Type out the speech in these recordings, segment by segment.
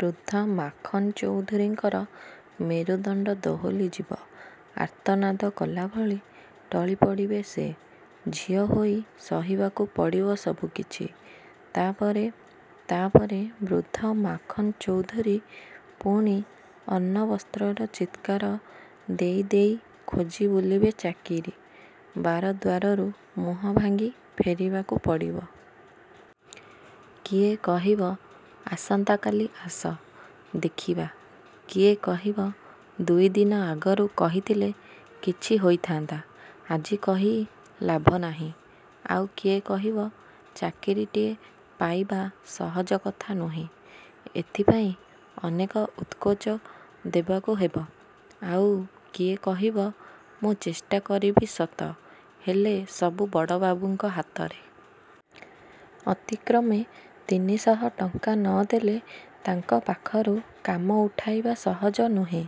ବୃଦ୍ଧ ମାଖନ ଚୌଧୁରୀଙ୍କର ମେରୁଦଣ୍ଡ ଦୋହଲିଯିବ। ଆର୍ତ୍ତନାଦ କଲାଭଳି ଟଳି ପଡ଼ିବେ ସେ। ଝିଅ ହୋଇ ସହିବାକୁ ପଡ଼ିବ ସବୁକିଛି। ତା ପରେ ତା ପରେ ବୃଦ୍ଧ ମାଖନ ଚୌଧୁରୀ ପୁଣି ଅନ୍ନବସ୍ତ୍ରର ଚିତ୍କାର ଦେଇ ଦେଇ ଖୋଜି ବୁଲିବେ ଚାକିରି ବାର ଦ୍ୱାରରୁ ମୁହଁ ଭାଙ୍ଗି ଫେରିବାକୁ ପଡ଼ିବ। କିଏ କହିବ ଆସନ୍ତାକାଲି ଆସ ଦେଖିବା। କିଏ କହିବ ଦୁଇ ଦିନ ଆଗରୁ କହିଥିଲେ କିଛି ହୋଇଥାନ୍ତା ଆଜି କହି ଲାଭ ନାହିଁ। ଆଉ କିଏ କହିବ ଚାକିରିଟିଏ ପାଇବା ସହଜ କଥା ନୁହେଁ। ଏଥିପାଇଁ ଅନେକ ଉତ୍କୋଚ ଦେବାକୁ ହେବ। ଆଉ କିଏ କହିବ ମୁଁ ଚେଷ୍ଟା କରିବି ସତ ହେଲେ ସବୁ ବଡ଼ବାବୁଙ୍କ ହାତରେ। ଅତି କମ୍ରେ ତିନି ଶହ ଟଙ୍କା ନ ଦେଲେ ତାଙ୍କ ପାଖରୁ କାମ ଉଠାଇବା ସହଜ ନୁହେଁ।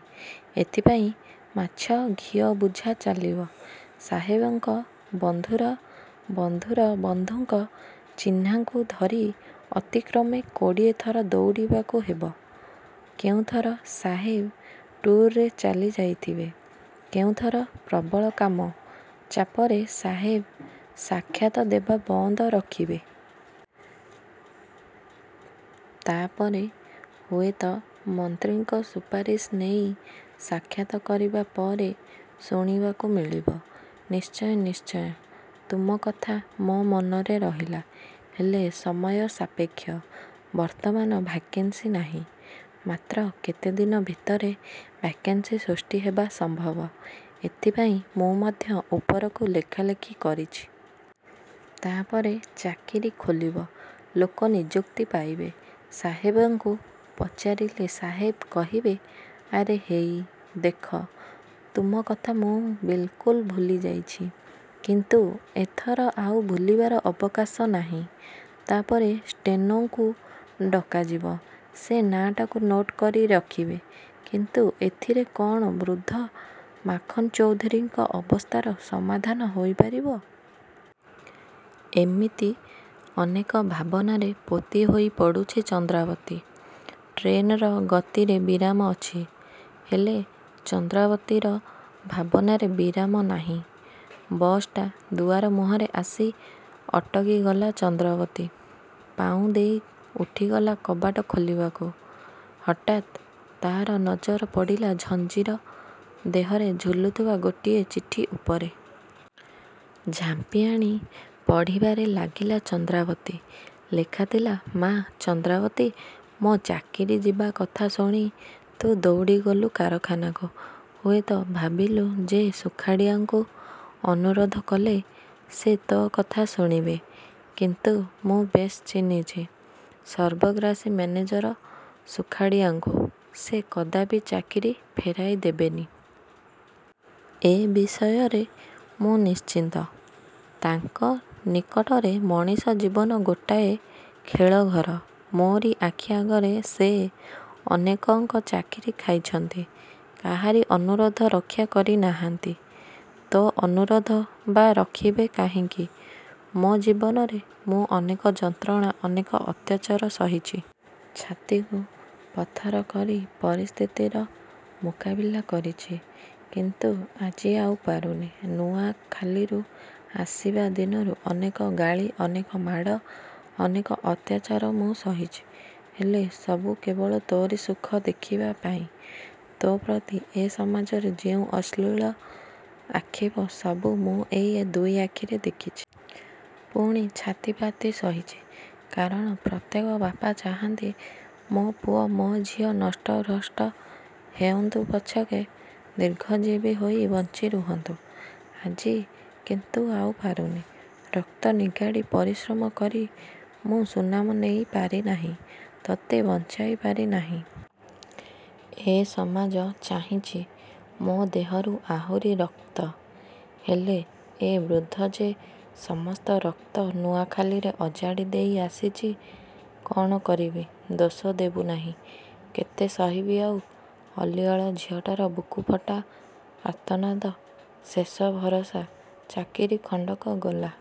ଏଥିପାଇଁ ମାଛ ଘିଅ ବୁଝା ଚାଲିବ। ସାହେବଙ୍କ ବନ୍ଧୁର ବନ୍ଧୁର ବନ୍ଧୁଙ୍କ ଚିହ୍ନାଙ୍କୁ ଧରି ଅତି କମ୍ରେ କୋଡ଼ିଏ ଥର ଦୌଡ଼ିବାକୁ ହେବ। କେଉଁଥର ସାହେବ ଟୁର୍‌ରେ ଚାଲି ଯାଇଥିବେ କେଉଁଥର ପ୍ରବଳ କାମ ଚାପରେ ସାହେବ ସାକ୍ଷାତ ଦେବା ବନ୍ଦ ରଖିବେ। ତା'ପରେ ହୁଏତ ମନ୍ତ୍ରୀଙ୍କ ସୁପାରିଶ ନେଇ ସାକ୍ଷାତ କରିବା ପରେ ଶୁଣିବାକୁ ମିଳିବ ନିଶ୍ଚୟ ନିଶ୍ଚୟ ତୁମ କଥା ମୋ ମନରେ ରହିଲା। ହେଲେ ସମୟ ସାପେକ୍ଷ। ବର୍ତ୍ତମାନ ଭ୍ୟାକେନ୍ସି ନାହିଁ। ମାତ୍ର କେତେଦିନ ଭିତରେ ଭ୍ୟାକେନ୍ସି ସୃଷ୍ଟି ହେବା ସମ୍ଭବ। ଏଥିପାଇଁ ମୁଁ ମଧ୍ୟ ଉପରକୁ ଲେଖାଲେଖି କରିଛି। ତାପରେ ଚାକିରି ଖୋଲିବ। ଲୋକ ନିଯୁକ୍ତି ପାଇବେ। ସାହେବଙ୍କୁ ପଚାରିଲେ ସାହେବ କହିବେ ଆରେ ହେଇ ଦେଖ ତୁମ କଥା ମୁଁ ବିଲ୍‌କୁଲ ଭୁଲି ଯାଇଛି। କିନ୍ତୁ ଏଥର ଆଉ ଭୁଲିବାର ଅବକାଶ ନାହିଁ। ତାପରେ ଷ୍ଟେନୋଙ୍କୁ ଡକାଯିବ। ସେ ନାଁଟାକୁ ନୋଟ୍‌ କରି ରଖିବେ। କିନ୍ତୁ ଏଥିରେ କ'ଣ ବୃଦ୍ଧ ମାଖନ ଚୌଧୁରୀଙ୍କ ଅବସ୍ଥାର ସମାଧାନ ହୋଇପାରିବ? ଏମିତି ଅନେକ ଭାବନାରେ ପୋତି ହୋଇ ପଡ଼ୁଛି ଚନ୍ଦ୍ରାବତୀ। ଟ୍ରେନ୍‌ର ଗତିରେ ବିରାମ ଅଛି ହେଲେ ଚନ୍ଦ୍ରାବତୀର ଭାବନାରେ ବିରାମ ନାହିଁ। ବସ୍‌ଟା ଦୁଆର ମୁହଁରେ ଆସି ଅଟକିଗଲା ଚନ୍ଦ୍ରାବତୀ ପାଉଁ ଦେଇ ଉଠିଗଲା କବାଟ ଖୋଲିବାକୁ। ହଠାତ୍ ତାର ନଜର ପଡ଼ିଲା ଝଞ୍ଜିର ଦେହରେ ଝୁଲୁଥିବା ଗୋଟିଏ ଚିଠି ଉପରେ। ଝାମ୍ପିଆଣି ପଢ଼ିବାରେ ଲାଗିଲା ଚନ୍ଦ୍ରାବତୀ। ଲେଖାଥିଲା ମା ଚନ୍ଦ୍ରାବତୀ ମୋ ଚାକିରି ଯିବା କଥା ଶୁଣି ତୁ ଦୌଡ଼ିଗଲୁ କାରଖାନାକୁ। ହୁଏତ ଭାବିଲୁ ଯେ ସୁଖାଡ଼ିଆଙ୍କୁ ଅନୁରୋଧ କଲେ ସେ ତୋ କଥା ଶୁଣିବେ କିନ୍ତୁ ମୁଁ ବେଶ୍ ଚିହ୍ନିଛି ସର୍ବଗ୍ରାସୀ ମ୍ୟାନେଜର ସୁଖାଡ଼ିଆଙ୍କୁ। ସେ କଦାପି ଚାକିରି ଫେରାଇ ଦେବେନି। ଏ ବିଷୟରେ ମୁଁ ନିଶ୍ଚିତ। ତାଙ୍କ ନିକଟରେ ମଣିଷ ଜୀବନ ଗୋଟାଏ ଖେଳଘର। ମୋରି ଆଖି ଆଗରେ ସେ ଅନେକଙ୍କ ଚାକିରି ଖାଇଛନ୍ତି। କାହାରି ଅନୁରୋଧ ରକ୍ଷା କରି ନାହାନ୍ତି। ତୋ ଅନୁରୋଧ ବା ରଖିବେ କାହିଁକି ମୋ ଜୀବନରେ ମୁଁ ଅନେକ ଯନ୍ତ୍ରଣା ଅନେକ ଅତ୍ୟାଚାର ସହିଛି। ଛାତିକୁ ପଥର କରି ପରିସ୍ଥିତିର ମୁକାବିଲା କରିଛି। କିନ୍ତୁ ଆଜି ଆଉ ପାରୁନି। ନୂଆଖାଲିରୁ ଆସିବା ଦିନରୁ ଅନେକ ଗାଳି, ଅନେକ ମାଡ଼, ଅନେକ ଅତ୍ୟାଚାର ମୁଁ ସହିଛି। ହେଲେ ସବୁ କେବଳ ତୋରି ସୁଖ ଦେଖିବା ପାଇଁ। ତୋ ପ୍ରତି ଏ ସମାଜରେ ଯେଉଁ ଅଶ୍ଳୀଳ ଆକ୍ଷେପ, ସବୁ ମୁଁ ଏଇ ଦୁଇ ଆଖିରେ ଦେଖିଛି। ପୁଣି ଛାତିପାତି ସହିଛି। କାରଣ ପ୍ରତ୍ୟେକ ବାପା ଚାହାନ୍ତି, ମୋ ପୁଅ, ମୋ ଝିଅ ନଷ୍ଟ ଭ୍ରଷ୍ଟ ହେଉନ୍ତୁ ପଛକେ, ଦୀର୍ଘଜୀବୀ ହୋଇ ବଞ୍ଚି ରୁହନ୍ତୁ। ଆଜି କିନ୍ତୁ ଆଉ ପାରୁନି। ରକ୍ତ ନିଗାଡ଼ି ପରିଶ୍ରମ କରି ମୁଁ ସୁନାମ ନେଇ ପାରିନାହିଁ। ତତେ ବଞ୍ଚାଇ ପାରିନାହିଁ। ଏ ସମାଜ ଚାହିଁଛି ମୋ ଦେହରୁ ଆହୁରି ରକ୍ତ, ହେଲେ ଏ ବୃଦ୍ଧ ଯେ ସମସ୍ତ ରକ୍ତ ନୂଆଖାଲିରେ ଅଜାଡ଼ି ଦେଇ ଆସିଛି କଣ କରିବି, ଦୋଷ ଦେବୁନାହିଁ। କେତେ ସହିବି ଆଉ ଅଲିଅଳ ଝିଅଟାର ବୁକୁଫଟା ଆର୍ତ୍ତନାଦ, ଶେଷ ଭରସା ଚାକିରି ଖଣ୍ଡକ ଗଲା।